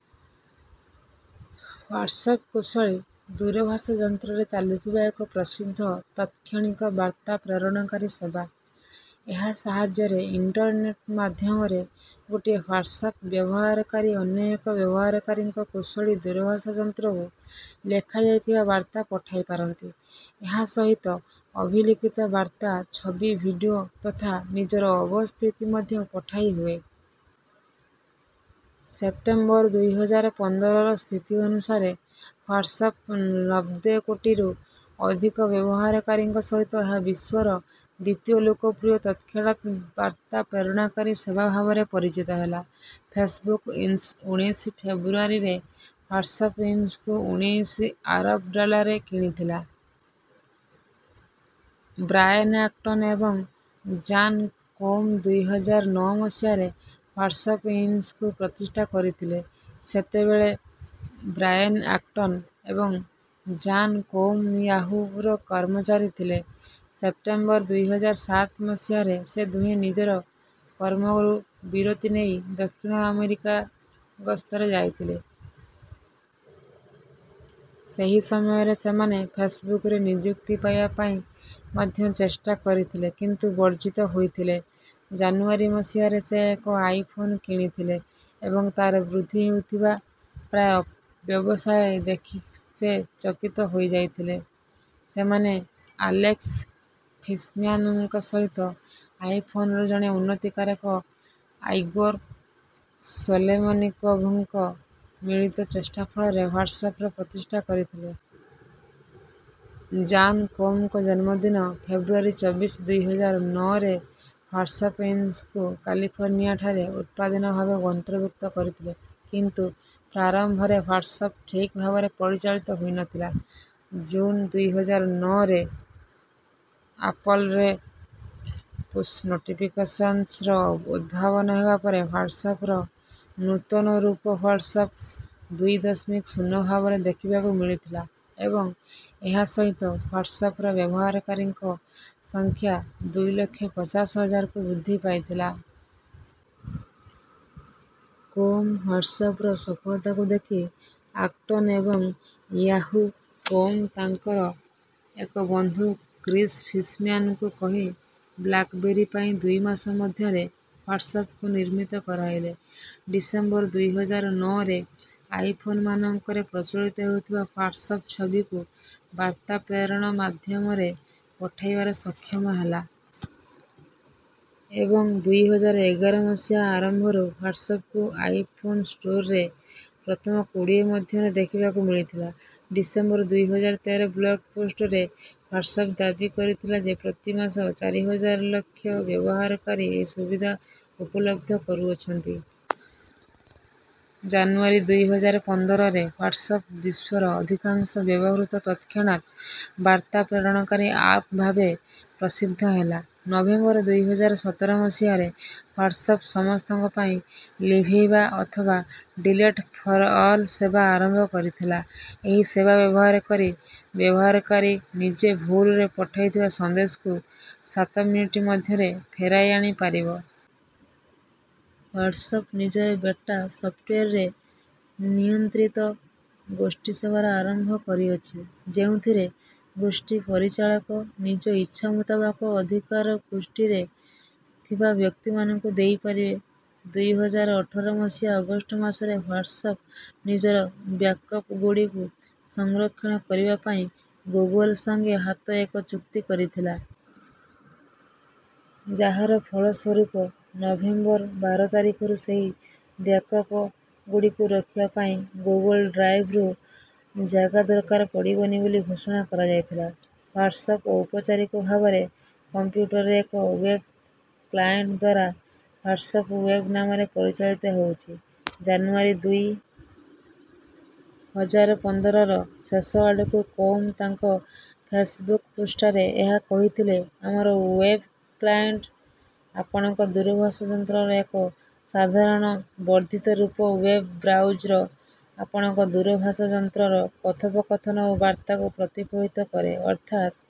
WhatsApp କୁଶଳୀ ଦୂରଭାଷ ଯନ୍ତ୍ରରେ ଚାଲୁଥିବା ଏକ ପ୍ରସିଦ୍ଧ ତତ୍-କ୍ଷଣିକ ବାର୍ତ୍ତା ପ୍ରେରଣକାରୀ ସେବା। ଏହା ସାହାଯ୍ୟରେ ଇଣ୍ଟରନେଟ୍ ମାଧ୍ୟମରେ ଗୋଟିଏ ହ୍ୱାଟ୍ସଆପ ବ୍ୟବହାରକାରୀ ଅନ୍ୟ ଏକ ବ୍ୟବହାରକାରୀଙ୍କ କୁଶଳୀ ଦୂରଭାଷ ଯନ୍ତ୍ରକୁ ଲେଖାଯାଇଥିବା ବାର୍ତ୍ତା ପଠାଇପାରନ୍ତି। ଏହା ସହିତ ଅଭିଲିଖିତ ବାର୍ତ୍ତା ଛବି ଭିଡିଓ ତଥା ନିଜର ଅବସ୍ଥିତି ମଧ୍ୟ ପଠାଇହୁଏ। ସେପ୍ଟେମ୍ବର ଦୁଇ ହଜାର ପନ୍ଦରର ସ୍ଥିତି ଅନୁସାରେ ହ୍ୱାଟ୍ସଆପ ନବ୍ବେ କୋଟିରୁ ଅଧିକ ବ୍ୟବହାରକାରୀଙ୍କ ସହିତ ଏହା ବିଶ୍ୱର ଦ୍ୱିତୀୟ ଲୋକପ୍ରିୟ ତତ୍‌କ୍ଷଣାତ୍ ବାର୍ତ୍ତା ପ୍ରେରଣକାରୀ ସେବା ଭାବରେ ପରିଚିତ ହେଲା। ଫେସବୁକ ଇନ୍ସ ଉଣେଇଶ ଫେବୃଆରୀ ରେ ହ୍ୱାଟ୍ସଆପ ଇନ୍ସକୁ ଉଣେଇଶ ଆରବ୍ ଡଲାର୍ରେ କିଣିଥିଲା। ବ୍ରାଏନ୍ ଅକ୍ଟନ ଏବଂ ଜାନ୍ କୋଉମ ଦୁଇ ହଜାର ନଅ ମସିହାରେ ହ୍ୱାଟ୍ସଆପ ଇନ୍ସକୁ ପ୍ରତିଷ୍ଠା କରିଥିଲେ। ସେତେବେଳେ ବ୍ରାଏନ୍ ଅକ୍ଟନ ଏବଂ ଜାନ୍ କୋଉମ ୟାହୁ ର କର୍ମଚାରୀ ଥିଲେ। ସେପ୍ଟେମ୍ବର ଦୁଇ ହଜାର ସାତ ମସିହାରେ ସେ ଦୁହେଁ ନିଜର କର୍ମରୁ ବିରତି ନେଇ ଦକ୍ଷିଣ ଆମେରିକା ଗସ୍ତରେ ଯାଇଥିଲେ। ସେହି ସମୟରେ ସେମାନେ ଫେସବୁକରେ ନିଯୁକ୍ତି ପାଇବା ପାଇଁ ମଧ୍ୟ ଚେଷ୍ଟା କରିଥିଲେ କିନ୍ତୁ ବର୍ଜିତ ହୋଇଥିଲେ। ଜାନୁଆରୀ ମସିହାରେ ସେ ଏକ ଆଇ ଫୋନ୍ କିଣିଥିଲେ ଏବଂ ତାର ବୃଦ୍ଧି ହେଉଥିବା ଆପ୍ର ବ୍ୟବସାୟ ଦେଖି ସେ ଚକିତ ହୋଇଯାଇଥିଲେ। ସେମାନେ ଆଲେକ୍ସ ଫିସ୍‌ମ୍ୟାନ୍‌ଙ୍କ ସହିତ ଆଇ ଫୋନର ଜଣେ ଉନ୍ନତିକାରକ ଆଇଗୋର୍ ସୋଲେମୋନିକୋଭ୍‌ ଙ୍କ ମିଳିତ ଚେଷ୍ଟା ଫଳରେ ହ୍ୱାଟ୍ସଆପର ପ୍ରତିଷ୍ଠା କରିଥିଲେ। ଜାନ୍ କୋଉମଙ୍କ ଜନ୍ମଦିନ ଫେବୃଆରୀ ଚବିଶ ଦୁଇ ହଜାର ନଅରେ ହ୍ୱାଟ୍ସଆପ ଇନ୍ସକୁ କାର୍ଲିଫର୍ଣ୍ଣିଆଠାରେ ଉତ୍ପାଦାନ ଭାବେ ଅନ୍ତର୍ଭୁକ୍ତ କରିଥିଲେ। କିନ୍ତୁ ପ୍ରାରମ୍ଭରେ ହ୍ୱାଟ୍ସଆପ ଠିକ୍ ଭାବରେ ପରିଚାଳିତ ହୋଇନଥିଲା। ଜୁନ୍ ଦୁଇ ହଜାର ନଅରେ ଆପଲ୍‌ର ପୁଶ୍ ନୋଟିଫିକେସନ୍ସର ଉଦ୍ଭାବନ ହେବା ପରେ ହ୍ୱାଟ୍ସଆପର ନୂତନ ରୂପ ହ୍ୱାଟ୍ସଆପ ଦୁଇ ଦଶମିକ ଶୂନ ଭାବରେ ଦେଖିବାକୁ ମିଳିଥିଲା ଏବଂ ଏହା ସହିତ ହ୍ୱାଟ୍ସଆପର ବ୍ୟବହାରକାରୀଙ୍କ ସଂଖ୍ୟା ଦୁଇ ଲକ୍ଷ ପଚାଶ ହଜାରକୁ ବୃଦ୍ଧି ପାଇଥିଲା। କୋଉମ ହ୍ୱାଟ୍ସଆପର ସଫଳତାକୁ ଦେଖି ଅକ୍ଟନ ଏବଂ ୟାହୁ କୋଉମ ତାଙ୍କର ଏକ ବନ୍ଧୁ କ୍ରିସ୍ ଫିସ୍‌ମ୍ୟାନ୍‌ଙ୍କୁ କହି ବ୍ଲାକବେରୀ ପାଇଁ ଦୁଇ ମାସ ମଧ୍ୟରେ ହ୍ୱାଟ୍ସଆପକୁ ନିର୍ମିତ କରାଇଲେ। ଡିସେମ୍ବର ଦୁଇ ହଜାର ନଅରେ ଆଇ ଫୋନ୍ ମାନଙ୍କରେ ପ୍ରଚଳିତ ହେଉଥିବା ହ୍ୱାଟ୍ସଆପ ଛବିକୁ ବାର୍ତ୍ତା ପ୍ରେରଣ ମାଧ୍ୟମରେ ପଠାଇବାର ସକ୍ଷମ ହେଲା। ଏବଂ ଦୁଇ ହଜାର ଏଗାର ମସିହାର ଆରମ୍ଭରୁ ହ୍ୱାଟ୍ସଆପକୁ ଆଇ ଫୋନ୍ର ଷ୍ଟୋରରେ ପ୍ରଥମ କୋଡ଼ିଏ ମଧ୍ୟରେ ଦେଖିବାକୁ ମିଳିଥିଲା। ଡିସେମ୍ବର ଦୁଇ ହଜାର ତେର ବ୍ଲଗ ପୋଷ୍ଟରେ ହ୍ୱାଟ୍ସଆପ ଦାବି କରିଥିଲା ଯେ ପ୍ରତି ମାସ ଚାରି ହଜାର ଲକ୍ଷ ବ୍ୟବହାରକାରୀ ଏହି ସୁବିଧା ଉପଲବ୍ଧ କରୁଅଛନ୍ତି। ଜାନୁଆରୀ ଦୁଇ ହଜାର ପନ୍ଦରରେ ହ୍ୱାଟ୍ସଆପ ବିଶ୍ୱର ଅଧିକାଂଶ ବ୍ୟବହୃତ ତତ୍‌କ୍ଷଣାତ୍ ବାର୍ତ୍ତା ପ୍ରେରଣକାରୀ ଆପ୍ ଭାବେ ପ୍ରସିଦ୍ଧ ହେଲା। ନଭେମ୍ବର ଦୁଇ ହଜାର ସତର ମସିହାରେ ହ୍ୱାଟ୍ସଆପ ସମସ୍ତଙ୍କ ପାଇଁ ଲିଭେଇବା ଅଥବା ଡିଲେଟ ଫର ଅଲ ସେବା ଆରମ୍ଭ କରିଥିଲା। ଏହି ସେବା ବ୍ୟବହାର କରି ବ୍ୟବହାରକାରୀ ନିଜେ ଭୁଲରେ ପଠାଇଥିବା ସନ୍ଦେଶକୁ ସାତ ମିନଟ ମଧ୍ୟରେ ଫେରାଇ ଆଣି ପାରିବ। ହ୍ୱାଟ୍ସଆପ ନିଜର ବେଟା ସଫ୍ଟୱେରରେ ନିୟନ୍ତ୍ରିତ ଗୋଷ୍ଠୀ ସେବାର ଆରମ୍ଭ କରିଅଛି। ଯେଉଁଥିରେ ଗୋଷ୍ଠୀ ପରିଚାଳକ ନିଜ ଇଚ୍ଛା ମୁତାବକ ଅଧିକାର ଗୋଷ୍ଟିରେ ଥିବା ବ୍ୟକ୍ତି ମାନଙ୍କୁ ଦେଇ ପାରିବେ। ଦୁଇ ହଜାର ଅଠର ମସିହା ଅଗଷ୍ଟ ମାସରେ ହ୍ୱାଟ୍ସଆପ ନିଜର ବ୍ୟାକପ ଗୁଡିକୁ ସଂରକ୍ଷଣ କରିବା ପାଇଁ ଗୁଗଲ ସାଙ୍ଗେ ହାତ ଏକ ଚୁକ୍ତି କରି ଥିଲା। ଯାହାର ଫଳ ସ୍ୱରୂପ ନଭେମ୍ବର ବାର ତାରିଖରୁ ସେହି ବ୍ୟାକପ ଗୁଡିକୁ ରଖିବା ପାଇଁ ଗୁଗଲ ଡ୍ରାଇଭରୁ ଜାଗା ଦରକାର ପଡିବନି ବୋଲି ଘୋଷଣା କରାଯାଇଥିଲା। ହ୍ୱାଟ୍ସଆପ ଔପଚାରିକ ଭାବରେ କମ୍ପ୍ୟୁଟରରେ ଏକ ୱେବ୍ କ୍ଲାଏଣ୍ଟଦ୍ୱାରା ହ୍ୱାଟ୍ସଆପ ୱେବ୍ ନାମରେ ପରିଚାଳିତ ହେଉଛି। ଜାନୁଆରୀ ଦୁଇ ହଜାର ପନ୍ଦରର ଶେଷ ଆଡକୁ କୋଉମ ତାଙ୍କ ଫେସବୁକ ପୃଷ୍ଠାରେ ଏହା କହିଥିଲେ ଆମର ଓ୍ବେବ୍ କ୍ଲାଏଣ୍ଟ ଆପଣଙ୍କ ଦୂରଭାଷ ଯନ୍ତ୍ରର ଏକ ସାଧାରଣ ବର୍ଦ୍ଧିତ ରୂପ ଓ୍ବେବ୍ ବ୍ରାଉଜର ଆପଣଙ୍କ ଦୂରଭାଷ ଯନ୍ତ୍ରର କଥୋପକଥନ ଓ ବାର୍ତ୍ତାକୁ ପ୍ରତିଫଳିତ କରେ ଅର୍ଥାତ